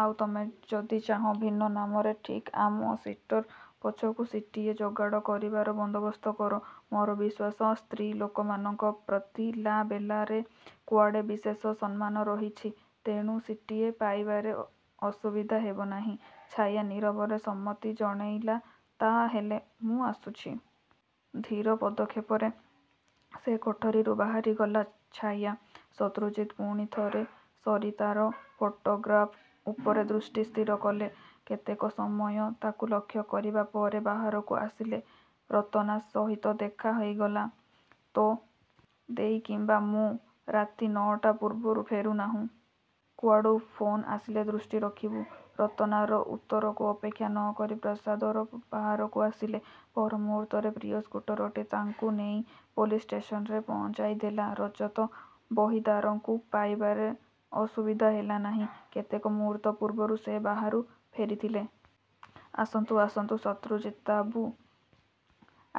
ଆଉ ତମେ ଯଦି ଚାହଁ, ଭିନ୍ନ ନାମରେ ଠିକ ଆମ ସିଟର ପଛକୁ ସିଟ୍ଟିଏ ଯୋଗାଡ଼ କରିବାର ବନ୍ଦୋବସ୍ତ କର। ମୋର ବିଶ୍ୱାସ, ସ୍ତ୍ରୀ ଲୋକମାନଙ୍କ ପ୍ରତି 'ଲା-ବେଲା'ରେ କୁଆଡ଼େ ବିଶେଷ ସମ୍ମାନ ରହିଛି। ତେଣୁ ସିଟ୍ଟିଏ ପାଇବାରେ ଅସୁବିଧା ହେବ ନାହିଁ। ଛାୟା ନୀରବରେ ସମ୍ମତି ଜଣେଇଲା ତା ହେଲେ ମୁଁ ଆସୁଛି। ଧୀର ପଦକ୍ଷେପରେ ସେ କୋଠରିରୁ ବାହାରିଗଲା ଛାୟା। ଶତ୍ରୁଜିତ୍ ପୁଣି ଥରେ ସରିତାର ଫଟୋଗ୍ରାଫ୍ ଉପରେ ଦୃଷ୍ଟି ସ୍ଥିର କଲେ। କେତେକ ସମୟ ତାକୁ ଲକ୍ଷ୍ୟ କରିବା ପରେ ବାହାରକୁ ଆସିଲେ। ରତନା ସହିତ ଦେଖା ହେଇଗଲା। ତୋ ଦେଈ କିମ୍ୱା ମୁଁ ରାତି ନଅଟା ପୂର୍ବରୁ ଫେରୁନାହୁଁ। କୁଆଡ଼ୁ ଫୋନ୍ ଆସିଲେ ଦୃଷ୍ଟି ରଖିବୁ। ରତନାର ଉତ୍ତରକୁ ଅପେକ୍ଷା ନ କରି ପ୍ରାସାଦର ବାହାରକୁ। ଆସିଲେ। ପର ମୁହୂର୍ତ୍ତରେ ପ୍ରିୟ ସ୍କୁଟରଟି ତାଙ୍କୁ ନେଇ ପୋଲିସ ଷ୍ଟେସନରେ ପହଞ୍ଚାଇଦେଲା। ରଜତ ବହିଦାରଙ୍କୁ ପାଇବାରେ ଅସୁବିଧା ହେଲା ନାହିଁ। କେତେକ ମୁହୂର୍ତ୍ତ ପୂର୍ବରୁ ସେ ବାହାରୁ ଫେରିଥିଲେ। ଆସନ୍ତୁ, ଆସନ୍ତୁ ଶତ୍ରୁଜିତ୍ବାବୁ,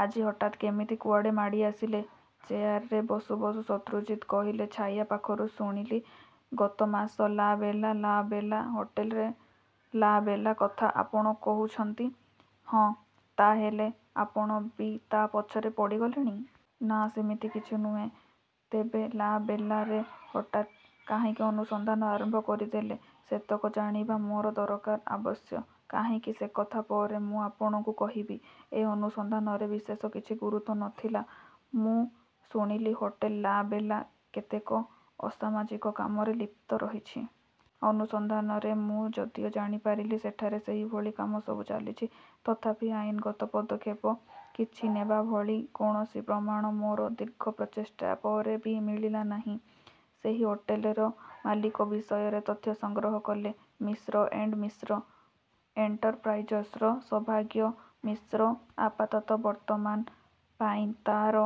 ଆଜି ହଠାତ୍ କେମିତି ଏଆଡ଼େ ମାଡ଼ିଆସିଲେ? ଚେୟାରରେ ବସୁ ବସୁ ଶତ୍ରୁଜିତ୍ କହିଲେ, ଛାୟା ପାଖରୁ ଶୁଣିଲି ଗତ ମାସ 'ଲା-ବେଲା' 'ଲା-ବେଲା' ହୋଟେଲ 'ଲା-ବେଲା' କଥା ଆପଣ କହୁଛନ୍ତି? ହଁ। ତା' ହେଲେ ଆପଣ ବି ତା ପଛରେ ପଡ଼ିଗଲେଣି? ନା, ସିମିତି କିଛି ନୁହେଁ। ତେବେ 'ଲା-ବେଲା'ରେ ହଠାତ୍ କାହିଁକି ଅନୁସନ୍ଧାନ ଆରମ୍ଭ କରିଦେଲେ ସେତକ ଜାଣିବା ମୋର ଦରକାର ଅବଶ୍ୟ। କାହିଁକି? ସେକଥା ପରେ ମୁଁ ଆପଣଙ୍କୁ କହିବି। ଏ ଅନୁସନ୍ଧାନରେ ବିଶେଷ କିଛି ଗୁରୁତ୍ୱ ନ ଥିଲା। ମୁଁ ଶୁଣିଲି, ହୋଟେଲ 'ଲା-ବେଲା' କେତେକ ଅସାମାଜିକ କାମରେ ଲିପ୍ତ ରହିଛି। ଅନୁସନ୍ଧାନରେ ମୁଁ ଯଦିଓ ଜାଣିପାରିଲି ସେଠାରେ ସେଇଭଳି କାମସବୁ ଚାଲିଛି, ତଥାପି ଆଇନଗତ ପଦକ୍ଷେପ କିଛି ନେବାଭଳି କୌଣସି ପ୍ରମାଣ ମୋର ଦୀର୍ଘ ପ୍ରଚେଷ୍ଟା ପରେ ବି ମିଳିଲା ନାହିଁ। ସେହି ହୋଟେଲର ମାଲିକ ବିଷୟରେ ତଥ୍ୟ ସଂଗ୍ରହ କଲେ । ମିଶ୍ର ଏଣ୍ତ ମିଶ୍ର ଏଣ୍ଟରପ୍ରାଇଜର୍ସର ସୌଭାଗ୍ୟ ମିଶ୍ର ଆପାତତଃ ବର୍ତ୍ତମାନ ପାଇଁ ତା'ର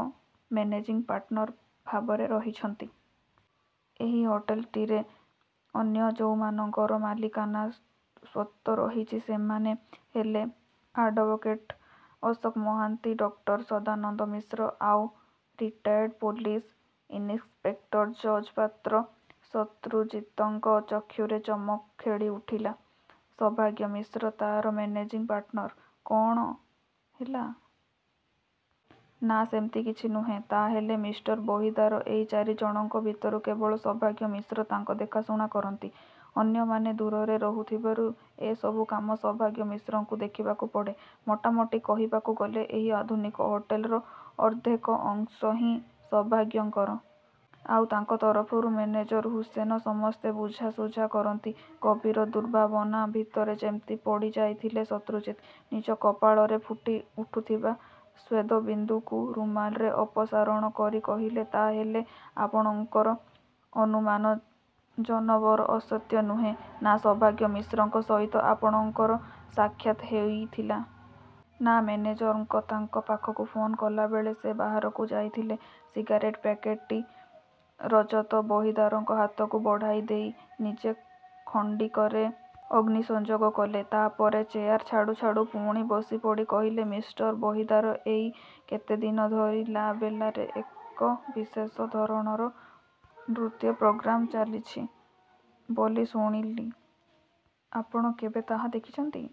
ମେନେଜିଂ ପାର୍ଟନର ଭାବରେ ରହିଛନ୍ତି। ଏହି ହୋଟେଲଟିରେ ଅନ୍ୟ ଯୋଉମାନଙ୍କର ମାଲିକାନା ସ୍ୱତ୍ୱ ରହିଛି ସେମାନେ ହେଲେ ଆଡ୍ଭୋକେଟ ଅଶୋକ ମହାନ୍ତି, ଡାକ୍ତର ସଦାନନ୍ଦ ମିଶ୍ର ଆଉ retired police inspector George Patra. ଶତ୍ରୁଜିତ୍ଙ୍କ ଚକ୍ଷୁରେ ଚମକ ଖେଳିଉଠିଲା ,ସୌଭାଗ୍ୟ ମିଶ୍ର ତା'ର ମେନେଜିଂ ପାର୍ଟନର! କ'ଣ ହେଲା? ନା, ସେମିତି କିଛି ନୁହେଁ। ତା' ହେଲେ ମିଷ୍ଟର ବହିଦାର, ଏଇ ଚାରିଜଣଙ୍କ ଭିତରୁ କେବଳ ସୌଭାଗ୍ୟ ମିଶ୍ର ତା'ର ଦେଖାଶୁଣା କରନ୍ତି। ଅନ୍ୟମାନେ ଦୂରରେ ରହୁଥିବାରୁ ଏ ସବୁ କାମ ସୌଭାଗ୍ୟ ମିଶ୍ରଙ୍କୁ ଦେଖିବାକୁ ପଡ଼େ। ମୋଟାମୋଟି କହିବାକୁ ଗଲେ ଏହି ଆଧୁନିକ ହୋଟେଲର ଅର୍ଦ୍ଧେକ ଅଂଶ ହିଁ ସୌଭାଗ୍ୟଙ୍କର। ଆଉ ତାଙ୍କ ତରଫରୁ ମେନେଜର ହୁସେନ ସମସ୍ତ ବୁଝାସୁଝା କରନ୍ତି। ଗଭୀର ଦୁର୍ଭାବନା ଭିତରେ ଯେମିତି ପଡ଼ିଯାଇଥିଲେ ଶତ୍ରୁଜିତ୍। ନିଜ କପାଳରେ ଫୁଟିଉଠୁଥିବା ସ୍ୱେଦବିନ୍ଦୁକୁ ରୁମାଲରେ ଅପସାରଣ କରି କହିଲେ ,ତା'ହେଲେ ଆପଣଙ୍କର ଅନୁମାନ ଜନରବ ଅସତ୍ୟ ନୁହେଁ? ନା ସୌଭାଗ୍ୟ ମିଶ୍ରଙ୍କ ସହିତ ଆପଣଙ୍କର ସାକ୍ଷାତ୍ ହେଇଥିଲା? ନା, ମେନେଜର ତାଙ୍କ ପାଖକୁ ଫୋନ୍ କଲାବେଳେ ସେ ବାହାରକୁ ଯାଇଥିଲେ। ସିଗାରେଟ ପ୍ୟାକେଟଟି ରଜତ ବହିଦାରଙ୍କ ହାତକୁ ବଢ଼ାଇଦେଇ ନିଜେ ଖଣ୍ତିକରେ ଅଗ୍ନି ସଂଯୋଗ କଲେ। ତା' ପରେ ଚେୟାର ଛାଡ଼ୁ ଛାଡ଼ୁ ପୁଣି ବସିପଡ଼ି କହିଲେ ମିଷ୍ଟର ବହିଦାର, ଏଇ କେତେଦିନ ଧରି 'ଲା-ବେଲା'ରେ ଏକ ବିଶେଷ ଧରଣର ନୃତ୍ୟ ପ୍ରୋଗ୍ରାମ ଚାଲିଛି ବୋଲି ଶୁଣିଲି। ଆପଣ କେବେ ତାହା ଦେଖିଛନ୍ତି?